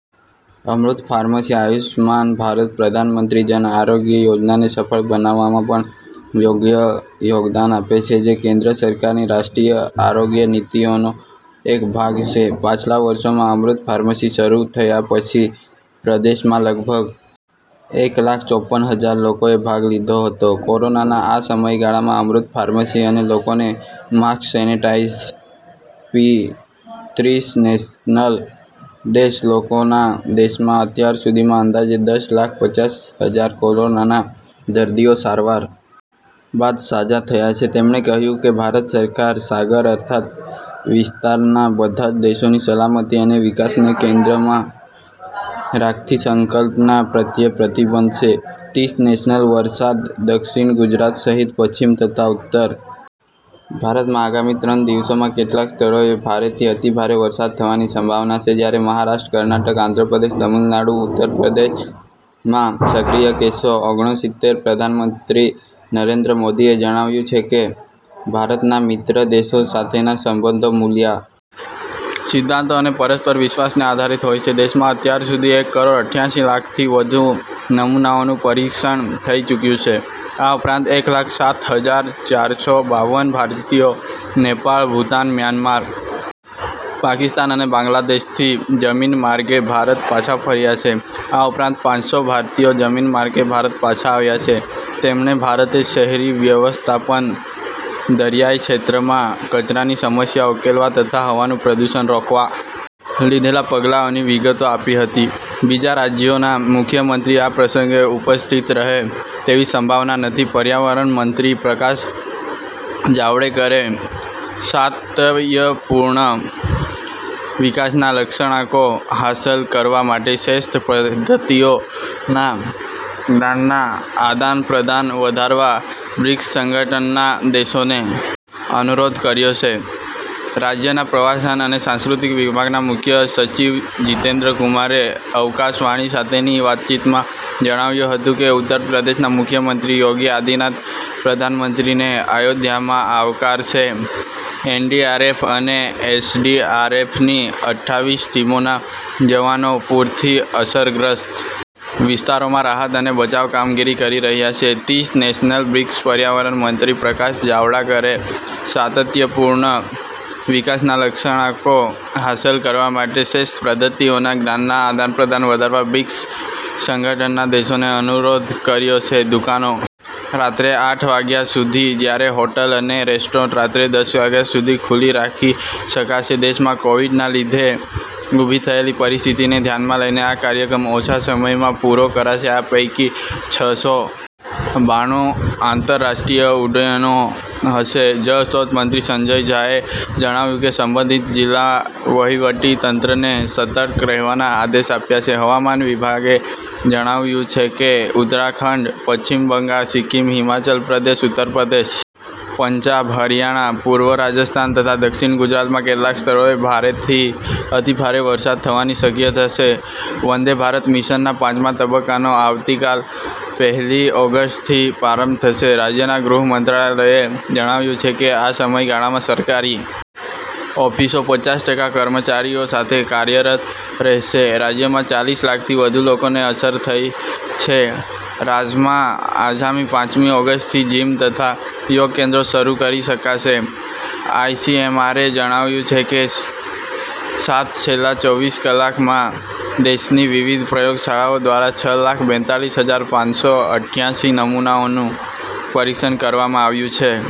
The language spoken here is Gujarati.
અમૃત ફાર્મસી આયુષ્યમાન ભારત પ્રધાનમંત્રી જન આરોગ્ય યોજનાને સફળ બનાવવામાં પણ યોગ્ય યોગદાન આપે છે જે કેન્દ્ર સરકારની રાષ્ટ્રીય આરોગ્ય નીતિઓનો એક ભાગ છે પાછલા વર્ષોમાં અમૃત ફાર્મસી શરૂ થયા પછી પ્રદેશમાં લગભગ એક લાખ ચોપન હજાર લોકોએ લાભ લીધો હતો કોરોનાના આ સમયગાળામાં અમૃત ફાર્મસી અને લોકોને માસ્ક સેનેટાઈઝર્સ પી ત્રીસ નેશનલ દેશ કોરોના દેશમાં અત્યાર સુધીમાં અંદાજે દસ લાખ પચાસ હજાર કોરોનાના દર્દીઓ સારવાર બાદ સાજા થયા છે તેમણે કહ્યું કે ભારત સરકાર સાગર અર્થાત વિસ્તારના બધા જ દેશોની સલામતી અને વિકાસને કેન્દ્રમાં રાખતી સંકલ્પના પ્રત્યે પ્રતિબદ્ધ છે ત્રીસ નેશનલ વરસાદ દક્ષિણ ગુજરાત સહિત પશ્ચિમ તથા ઉત્તર ભારતમાં આગામી ત્રણ દિવસોમાં કેટલાક સ્થળોએ ભારેથી અતિભારે વરસાદ થવાની સંભાવના છે જ્યારે મહારાષ્ટ્ર કર્ણાટક આંધ્રપ્રદેશ તમિલનાડુ ઉત્તરપ્રદેશમાં સક્રિય કેસો અગણોસિત્તેર પ્રધાનમંત્રી નરેન્દ્ર મોદીએ જણાવ્યું છે કે ભારતના મિત્ર દેશો સાથેના સંબંધો મૂલ્યો સિદ્ધાંતો અને પરસ્પર વિશ્વાસને આધારીત હોય છે દેશમાં અત્યાર સુધી એક કરોડ ઈઠ્યાસી લાખથી વધુ નમૂનાઓનું પરીક્ષણ થઈ ચૂક્યું છે આ ઉપરાંત એક લાખ સાત હજાર ચાર સો બાવન ભારતીયો નેપાળ ભૂતાન મ્યાનમાર પાકિસ્તાન અને બાંગ્લાદેશથી જમીન માર્ગે ભારત પાછા ફર્યા છે આ ઉપરાંત પાંચ સો ભારતીયો જમીન માર્ગે ભારત પાછા આવ્યા છે તેમણે ભારતે શહેરી વ્યવસ્થાપન દરિયાઈ ક્ષેત્રમાં કચરાની સમસ્યા ઉકેલવા તથા હવાનું પ્રદૂષણ રોકવા લીધેલા પગલાંઓની વિગતો આપી હતી બીજા રાજ્યોના મુખ્યમંત્રી આ પ્રસંગે ઉપસ્થિત રહે તેવી સંભાવના નથી પર્યાવરણ મંત્રી પ્રકાશ જાવડેકરે સાતત્યપૂર્ણ વિકાસના લક્ષ્યાંકો હાંસલ કરવા માટે શ્રેષ્ઠ પદ્ધતિઓના જ્ઞાનના આદાનપ્રદાન વધારવા બ્રિક્સ સંગઠનના દેશોને અનુરોધ કર્યો છે રાજ્યના પ્રવાસન અને સાંસ્કૃતિક વિભાગના મુખ્ય સચિવ જીતેન્દ્ર કુમારે આકાશવાણી સાથેની વાતચીતમાં જણાવ્યું હતું કે ઉત્તરપ્રદેશના મુખ્યમંત્રી યોગી આદિત્યનાથ પ્રધાનમંત્રીને અયોધ્યામાં આવકારશે એનડીઆરએફ અને એસડીઆરએફની અઠ્ઠાવીસ ટીમોના જવાનો પુરથી અસરગ્રસ્ત વિસ્તારોમાં રાહત અને બચાવ કામગીરી કરી રહ્યા છે ત્રીસ નેશનલ બ્રિક્સ પર્યાવરણ મંત્રી પ્રકાશ જાવડેકરે સાતત્યપૂર્ણ વિકાસના લક્ષ્યાંકો હાંસલ કરવા માટે શ્રેષ્ઠ પદ્ધતિઓના જ્ઞાનના આદાનપ્રદાન વધારવા બ્રિક્સ સંગઠનના દેશોને અનુરોધ કર્યો છે દુકાનો રાત્રે આઠ વાગ્યા સુધી જ્યારે હોટેલ અને રેસ્ટોરન્ટ રાત્રે દસ વાગ્યા સુધી ખુલ્લી રાખી શકાશે દેશમાં કોવીડના લીધે ઉભી થયેલી પરિસ્થિતિને ધ્યાનમાં લઈ આ કાર્યક્રમ ઓછા સમયમાં પૂરો કરાશે આ પૈકી છ સો બાણું આંતરરાષ્ટ્રીય ઉડ્ડયનો હશે જળસ્રોત મંત્રી સંજય કુમાર ઝાએ જણાવ્યું છે કે સંબંધીત જિલ્લા વહિવટી તંત્રને સતર્ક રહેવાના આદેશ અપાયા છે હવામાન વિભાગે જણાવ્યું છે કે ઉત્તરાખંડ પશ્ચિમ બંગાળ સિક્કીમ હિમાચલ પ્રદેશ ઉત્તરપ્રદેશ પંજાબ હરીયાણા પૂર્વ રાજસ્થાન તથા દક્ષિણ ગુજરાતમાં કેટલાક સ્થળોએ ભારેથી અતિભારે વરસાદ થવાની શક્યતા છે વંદે ભારત મિશનના પાંચમા તબક્કાનો આવતીકાલ પહેલી ઓગસ્ટથી પ્રારંભ થશે રાજ્યના ગૃહમંત્રાલયે જણાવ્યું છે કે આ સમયગાળામાં સરકારી ઓફિસો પચાસ ટકા કર્મચારીઓ સાથે કાર્યરત રહેશે રાજ્યમાં ચાલીસ લાખથી વધુ લોકોને અસર થઈ છે રાઝ્માં આગામી પાંચમી ઓગસ્ટથી જીમ તથા યોગ કેન્દ્રો શરૂ કરી શકાશે આઈસીએમઆરે જણાવ્યું છે કે સાત છેલ્લા ચોવીસ કલાકમાં દેશની વિવિધ પ્રયોગશાળાઓ દ્વારા છ લાખ બેતાલીસ હજાર પાંચ સો ઈઠ્યાસી નમૂનાઓનું પરિક્ષણ કરવામાં આવ્યું છે.